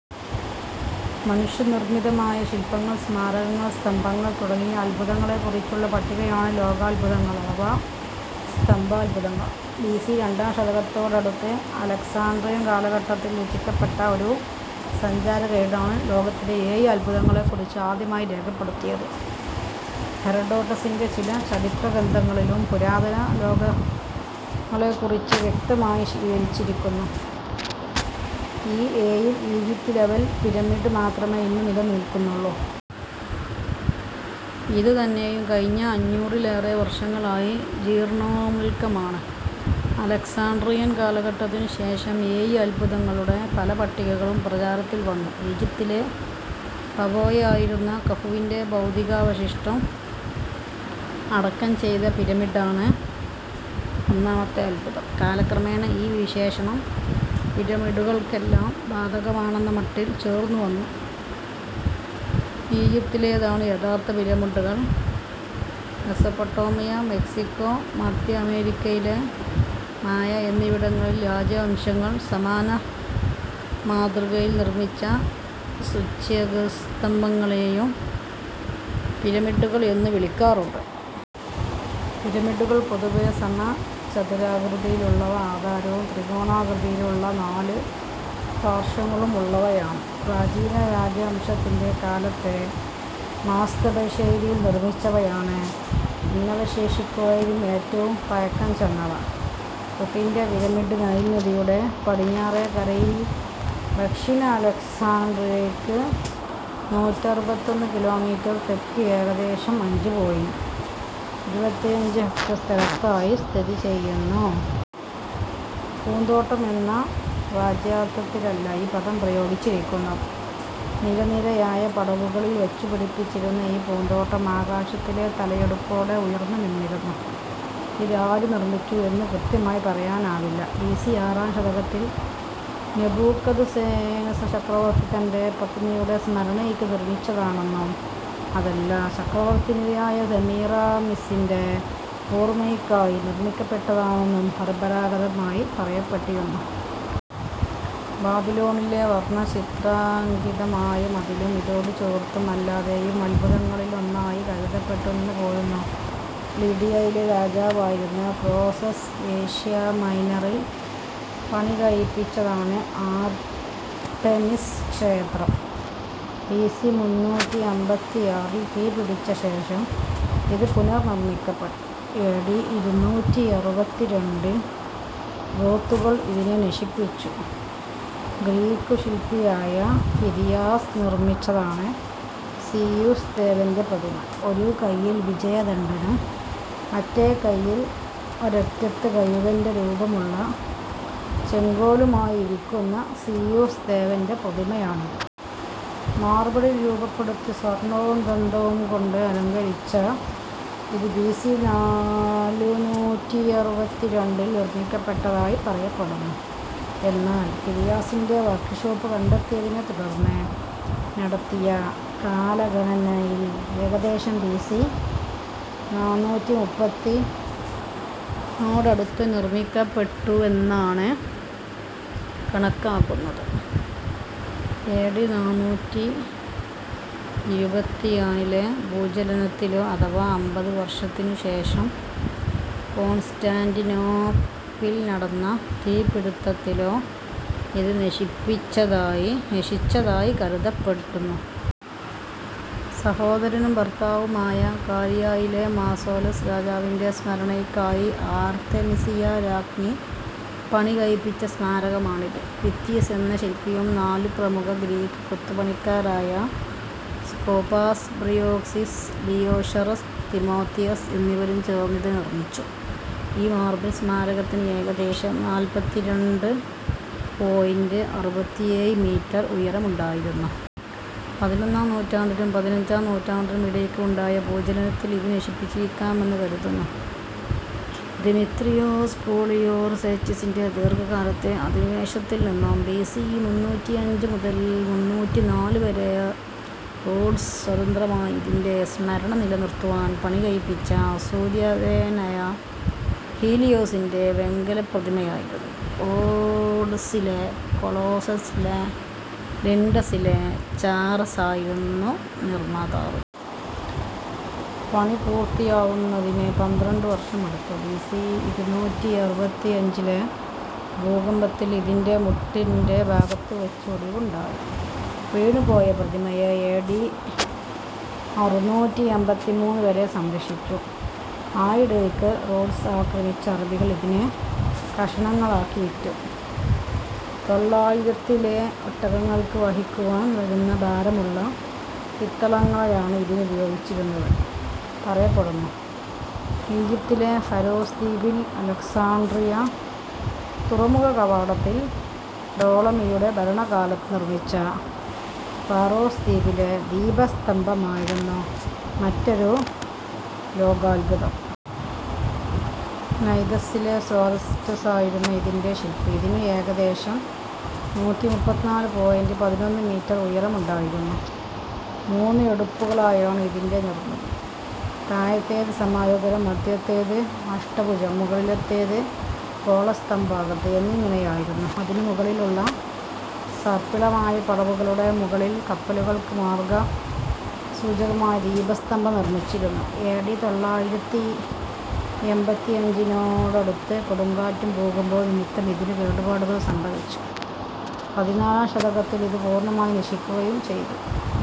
മനുഷ്യനിർമ്മിതമായ ശില്പങ്ങൾ സ്മാരകങ്ങൾ സ്തംഭങ്ങൾ തുടങ്ങിയ അത്ഭുതങ്ങളെക്കുറിച്ചുള്ള പട്ടികയാണ് ലോകാത്ഭുതങ്ങൾ അഥവാ സപ്താത്ഭുതങ്ങൾ. ബി സി രണ്ടാം ശതകത്തോടടുത്ത് അലക്സാൻഡ്രിയൻ കാലഘട്ടത്തിൽ രചിക്കപ്പെട്ട ഒരു സഞ്ചാരഗൈഡാണ് ലോകത്തിലെ ഏഴ് അത്ഭുതങ്ങളെക്കുറിച്ച് ആദ്യമായി രേഖപ്പെടുത്തിയത്. ഹെറഡോട്ടസിന്റെ ചില ചരിത്രഗ്രന്ഥങ്ങളിലും പുരാതന ലോകാത്ഭുതങ്ങളെക്കുറിച്ച് വ്യക്തമായി വിവരിച്ചിരിക്കുന്നു.ഈ ഏഴിൽ ഈജിപ്തിലെ വൻ പിരമിഡ് മാത്രമേ ഇന്നു നിലനിൽക്കുന്നുള്ളൂ. ഇതുതന്നെയും കഴിഞ്ഞ അഞ്ഞൂറിലേറെ വർഷങ്ങളായി ജീർണോന്മുഖമാണ്. അലക്സാൻഡ്രിയൻ കാലഘട്ടത്തിനുശേഷം ഏഴ് അത്ഭുതങ്ങളുടെ പല പട്ടികകളും പ്രചാരത്തിൽ വന്നു. ഈജിപ്തിലെ ഫറവോയായിരുന്ന കുഫുവിന്റെ ഭൗതികാവശിഷ്ടം അടക്കം ചെയ്ത പിരമിഡാണ് ഒന്നാമത്തെ അത്ഭുതം. കാലക്രമേണ ഈ വിശേഷണം പിരമിഡുകൾക്കെല്ലാം ബാധകമാണെന്ന മട്ടിൽ ചേർത്തുവന്നു. ഈജിപ്തിലേതാണ് യഥാർഥ പിരമിഡുകൾ. മെസപ്പൊട്ടേമിയ മെക്സിക്കോ മധ്യ അമേരിക്കയിലെ മായ എന്നിവിടങ്ങളിലെ രാജവംശങ്ങൾ സമാന മാതൃകയിൽ നിർമിച്ച സൂച്യഗ്രസ്തംഭങ്ങളെയും പിരമിഡുകൾ എന്നു വിളിക്കാറുണ്ട്. പിരമിഡുകൾ പൊതുവേ സമചതുരാകൃതിയിലുള്ള ആധാരവും ത്രികോണാകൃതിയിലുള്ള നാല് പാർശ്വങ്ങളും ഉള്ളവയാണ്. പ്രാചീന രാജവംശത്തിന്റെ കാലത്ത് മാസ്തബശൈലിയിൽ നിർമിച്ചവയാണ് ഇന്നവശേഷിക്കുന്നവയിൽ ഏറ്റവും പഴക്കംചെന്നവ. കുഫുവിന്റെ പിരമിഡ് നൈൽ നദിയുടെ പടിഞ്ഞാറേക്കരയിൽ ദക്ഷിണ അലക്സാൻഡ്രിയയ്ക്ക് നൂറ്ററുപത്തൊന്ന് കിലോമീറ്റർ തെക്ക് ഏകദേശം അഞ്ച് പോയിന്റ് ഇരുപത്തിയഞ്ച് ഹെക്ടർ സ്ഥലത്തായി സ്ഥിതി ചെയ്യുന്നു. പൂന്തോട്ടം എന്ന വാച്യാർഥത്തിലല്ല ഈ പദം പ്രയോഗിച്ചിരിക്കുന്നത്. നിരനിരയായ പടവുകളിൽ വച്ചുപിടിപ്പിച്ചിരുന്ന ഈ പൂന്തോട്ടം ആകാശത്തിൽ തലയെടുപ്പോടെ ഉയർന്നുനിന്നിരുന്നു. ഇത് ആര് നിർമിച്ചു എന്ന് കൃത്യമായി പറയാനാവില്ല. ബി സി ആറാം ശതകത്തിൽ നെബൂഖദ്നേസർ ചക്രവർത്തി തന്റെ പത്നിയുടെ സ്മരണയ്ക്ക് നിർമിച്ചതാണെന്നും അതല്ല ചക്രവർത്തിനിയായ സെമീറാമിസിന്റെ ഓർമയ്ക്കായി നിർമിക്കപ്പെട്ടിട്ടുള്ളതാണെന്നും പരമ്പരാഗതമായി പറയപ്പെട്ടിരുന്നു. ബാബിലോണിലെ വർണചിത്രാങ്കിതമായ മതിലും ഇതോടുചേർത്തും അല്ലാതെയും അത്ഭുതങ്ങളിലൊന്നായി കരുതപ്പെട്ടുപോരുന്നു. ലിഡിയയിലെ രാജാവായിരുന്ന ക്രോസസ് ഏഷ്യാമൈനറിൽ പണികഴിപ്പിച്ചതാണ് ആർട്ടെമിസ് ക്ഷേത്രം. ബി സി മുന്നൂറ്റിയമ്പത്താറിൽ തീപിടിച്ചശേഷം ഇത് പുനർനിർമിക്കപ്പെട്ടു. എ ഡി ഇരുനൂറ്റിയറുപത്തിരണ്ടിൽ ഗോത്തുകൾ ഇതിനെ നശിപ്പിച്ചു. ഗ്രീക്കു ശില്പിയായ ഫിദിയാസ് നിർമിച്ചതാണ് സീയൂസ് ദേവന്റെ പ്രതിമ. ഒരു കൈയിൽ വിജയദണ്ഡും മറ്റേ കൈയിൽ ഒരറ്റത്ത് കഴുകന്റെ രൂപമുള്ള ചെങ്കോലുമായി ഇരിക്കുന്ന സീയൂസ് ദേവന്റെ പ്രതിമയാണിത്. മാർബിളിൽ രൂപപ്പെടുത്തി സ്വർണവും ദന്തവും കൊണ്ട് അലങ്കരിച്ച ഇത് ബി സി നാലുനൂറ്റിയറുപത്തിരണ്ടിൽ നിർമിക്കപ്പെട്ടതായി പറയപ്പെടുന്നു. എന്നാൽ ഫിദിയാസിന്റെ വർക്ക്‌ഷോപ്പ് കണ്ടെത്തിയതിനെത്തുടർന്ന് നടത്തിയ കാലഗണനയിൽ ഏകദേശം ബി സി നാനൂറ്റിമുപ്പതിനോടടുത്ത് നിർമിക്കപ്പെട്ടുവെന്നാണ് കണക്കാക്കപ്പെട്ടത്. എ ഡി നാനൂറ്റിയിരുപത്തിയാറിലെ ഭൂചലനത്തിലോ അഥവാ അമ്പത് വർഷത്തിനുശേഷം കോൺസ്റ്റാന്റിനോപ്പിളിൽ നടന്ന തീപ്പിടിത്തത്തിലോ ഇത് നശിപ്പിച്ചതായി നശിച്ചതായി കരുതപ്പെടുന്നു. സഹോദരനും ഭർത്താവുമായ കാരിയയിലെ മാസോലസ് രാജാവിന്റെ സ്മരണയ്ക്കായി ആർതെമിസിയാ രാജ്ഞി പണികഴിപ്പിച്ച സ്മാരകമാണിത്. പിത്തിസ് എന്ന ശില്പിയും നാലു പ്രമുഖ ഗ്രീക്ക് കൊത്തുപണിക്കാരായ സ്കോപാസ് ബ്രിയാക്സിസ് ലിയോഷാറസ് തിമോതിയസ് എന്നിവരും ചേർന്ന് ഇത് നിർമിച്ചു. ഈ മാർബിൾ സ്മാരകത്തിന് ഏകദേശം നാല്പത്തിരണ്ട് പോയിന്റ് അറുപത്തിയേഴ് മീറ്റർ ഉയരമുണ്ടായിരുന്നു. പതിനൊന്നാം നൂറ്റാണ്ടിനും പതിനഞ്ചാം നൂറ്റാണ്ടിനും ഇടയ്ക്ക് ഉണ്ടായ ഭൂചലനത്തിൽ ഇത് നശിച്ചിരിക്കാമെന്ന് കരുതുന്നു. ദെമിത്രിയോസ് പോളിയോർസെറ്റിസിന്റെ ദീർഘകാലത്തെ അധിനിവേശത്തിൽനിന്നും ബി സി മുന്നൂറ്റിയഞ്ച് മുതൽ മുന്നൂറ്റിനാല് വരെ റോഡ്സ് സ്വതന്ത്രമായി. ഇതിന്റെ സ്മരണ നിലനിർത്തുവാൻ പണികഴിപ്പിച്ച സൂര്യദേവനായ ഹീലിയോസിന്റെ വെങ്കലപ്രതിമയായിരുന്നു റോഡ്സിലെ കൊളോസസ്. ലിൻഡസിലെ ചാറസായിരുന്നു നിർമാതാവ്. പണിപൂർത്തിയാവുന്നതിന് പന്ത്രണ്ടു വർഷമെടുത്തു.ബി സി ഇരുനൂറ്റിയിരുപത്തിയഞ്ചിലെ ഭൂകമ്പത്തിൽ ഇതിന്റെ മുട്ടിന്റെ ഭാഗത്തുവച്ച് ഒടിവുണ്ടായി. വീണുപോയ പ്രതിമയെ എ ഡി അറുനൂറ്റിയമ്പത്തിമൂന്ന് വരെ സംരക്ഷിച്ചു. ആയിടയ്ക്ക് റോഡ്സ് ആക്രമിച്ച അറബികൾ ഇതിനെ കഷണങ്ങളാക്കി വിറ്റു. തൊള്ളായിരത്തിലേറെ ഒട്ടകങ്ങൾക്ക് വഹിക്കുവാൻ വരുന്ന ഭാരമുള്ള പിത്തളയാണ് ഇതിനുപയോഗിച്ചിരുന്നതെന്ന് പറയപ്പെടുന്നു. ഈജിപ്തിലെ ഫാരോസ് ദ്വീപിൽ അലക്സാണ്ട്രിയ തുറമുഖ കവാടത്തിൽ ടോളമിയുടെ ഭരണകാലത്ത് നിർമിച്ച ഫാരോസ് ദ്വീപിലെ ദീപസ്തംഭമായിരുന്നു മറ്റൊരു ലോകാത്ഭുതം. നൈദസ്സിലെ സോസ്റ്റ്രാറ്റസായിരുന്നു ഇതിന്റെ ശില്പി. ഇതിന് ഏകദേശം നൂറ്റിമുപ്പത്തിനാല് പോയിന്റ് പതിനൊന്ന് മീറ്റർ ഉയരമുണ്ടായിരുന്നു. മൂന്ന് എടുപ്പുകളായാണ് ഇതിന്റെ നിർമിതി. താഴത്തേത് സമചതുരം മധ്യത്തിലേത് അഷ്ടഭുജം മുകളിലത്തേത് ഗോളസ്തംഭാകൃതി എന്നിങ്ങനെയായിരുന്നു. അതിനു മുകളിലുള്ള സർപ്പിളമായ പടവുകളുടെ മുകളിൽ കപ്പലുകൾക്ക് മാർഗസൂചകമായി ദീപസ്തംഭം നിർമിച്ചിരുന്നു. എ ഡി തൊള്ളായിരത്തിയമ്പത്തിയഞ്ചിനോടടുത്ത് കൊടുങ്കാറ്റും ഭൂകമ്പവും നിമിത്തം ഇതിന് കേടുപാടുകൾ സംഭവിച്ചു. പതിനാലാം ശതകത്തിൽ ഇത് പൂർണമായി നശിക്കുകയും ചെയ്തു.